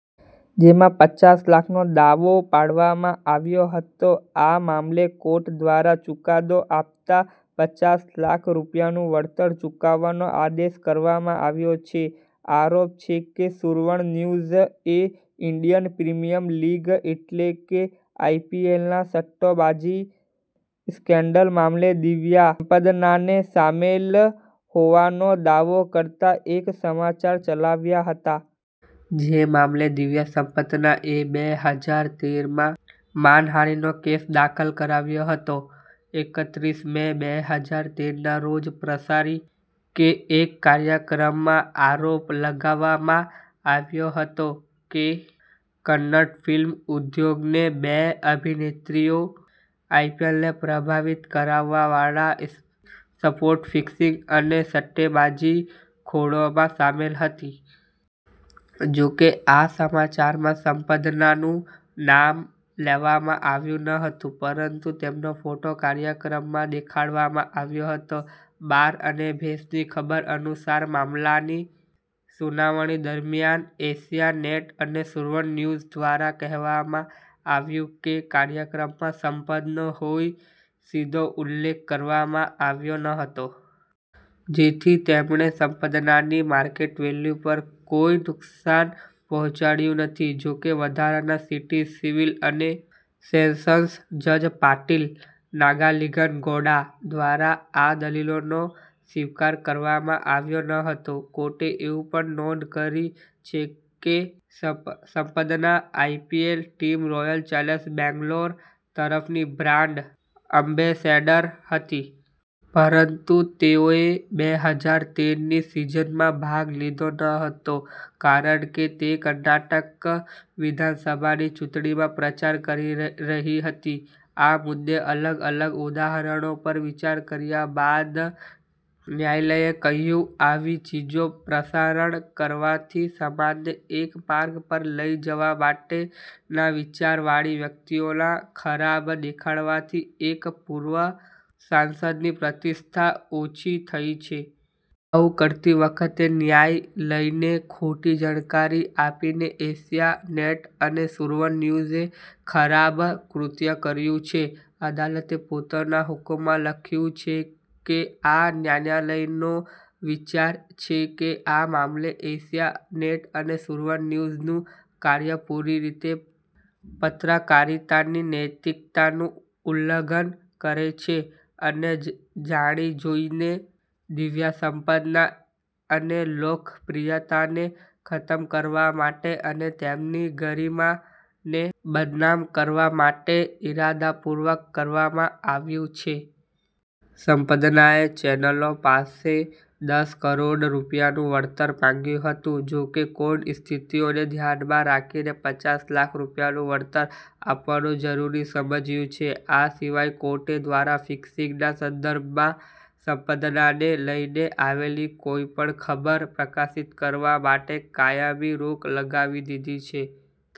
જેમાં પચાસ લાખનો દાવો પાડવામાં આવ્યો હતો આ મામલે કોર્ટ દ્વારા ચુકાદો આપતા પચાસ લાખ રૂપિયાનું વળતર ચૂકવવાનો આદેશ કરવામાં આવ્યો છે. આરોપ છે કે સુરવર્ણ ન્યુઝ એ ઇન્ડિયન પ્રીમિયર લીગ એટલે કે આઈપીએલના સટ્ટેબાજી સ્કેન્ડલ મામલે દિવ્યા સ્પંદના ને સામેલ હોવાનો દાવો કરતા એક સમાચાર ચલાવ્યા હતા. જે મામલે દિવ્યા સ્પંદના એ બે હજાર તેર માં માનહાનિનો કેસ દાખલ કરાવ્યો હતો. એકત્રીસ મે બે હજાર તેર ના રોજ પ્રસારી કે એક કાર્યક્રમમાં આરોપ લગાવવામાં આવ્યો હતો કે કન્નડ ફિલ્મ ઉદ્યોગને બે અભિનેત્રીઓ આઈપીએલને પ્રભાવિત કરવાવાળા સ્પોર્ટ ફિક્સિંગ અને સટ્ટેબાજી ખોળામાં સામેલ હતી. જોકે આ સમાચારમાં સ્પંદના નું નામ લેવામાં આવ્યું નહોતું પરંતુ તેમનો ફોટો કાર્યક્રમમાં દેખાડવામાં આવ્યો હતો. બાર અને ભેંસની ખબર અનુસાર મામલાની સુનાવણી દરમિયાન એશિયા નેટ અને સુવર્ણ ન્યુઝ દ્વારા કહેવામાં આવ્યું કે કાર્યક્રમમાં સ્પંદનો હોય સીધો ઉલ્લેખ કરવામાં આવ્યો નહોતો. જેથી તેમણે સ્પંદનાની માર્કેટ વેલ્યુ પર કોઈ નુકસાન પહોંચાડયું નથી જોકે વધારાના સિટી સિવિલ અને સેશન્સ જજ પાટીલ નાગાલિંગનગૌડા દ્વારા આ દલીલનો સ્વીકાર કરવામાં આવ્યો નહોતો. કોર્ટે એવું પણ નોંધ કરી છે કે Spandana IPL team Royal Challengers Bangalore તરફથી બ્રાન્ડ એમ્બેસેડર હતી. પરંતુ તેઓએ બે હજાર તેર ની સિઝનમાં ભાગ લીધો નહોતો કારણ કે તે કર્ણાટક વિધાનસભાની ચૂંટણીમાં પ્રચાર કરી રહી હતી. આ મુદ્દે અલગ-અલગ ઉદાહરણો પર વિચાર કર્યા બાદ ન્યાયાલય કહ્યું આવી ચીજો પ્રસારણ કરવાથી સમાજને એક માર્ગ પર લઈ જવા માટે ના વિચાર વાળી વ્યક્તિઓના ખરાબ દેખાડવાથી એક પૂર્વ સાંસદ ની પ્રતિષ્ઠા ઓછી થઈ છે. આવું કરતી વખતે ન્યાય લઈને ખોટી જાણકારી આપીને એશિયા નેટ અને સુવર્ણ ન્યુઝ એ ખરાબ કૃત્ય કર્યું છે. અદાલતે પોતાના હુકમમાં લખ્યું છે કે આ ન્યાયાલયનો વિચાર છે કે આ મામલે એશિયા નેટ અને સુવર્ણ ન્યૂઝ નું કાર્ય પૂરી રીતે પત્રકારિતા ની નૈતિકતાનું ઉલ્લંઘન કરે છે અને જાણી જોઈને દિવ્યા સ્પંદના અને લોકપ્રિયતાને ખતમ કરવા માટે અને તેમની ગરિમા ને બદનામ કરવા માટે ઈરાદાપૂર્વક કરવામાં આવ્યું છે. સ્પંદનાએ ચેનલો પાસે દસ કરોડ રૂપિયાનું વળતર માગ્યું હતું. જોકે કોર્ટે સ્થિતિઓને ધ્યાનમાં રાખીને પચાસ લાખ રૂપિયાનું વળતર આપવાનું જરૂરી સમજ્યુ છે, આ સિવાય કોર્ટ દ્વારા ફિક્સિંગ ના સંદર્ભમાં સ્પંદના ને લઈને આવેલી કોઇપણ ખબર પ્રકાશિત કરવા માટે કાયમી રોક લગાવી દીધી છે.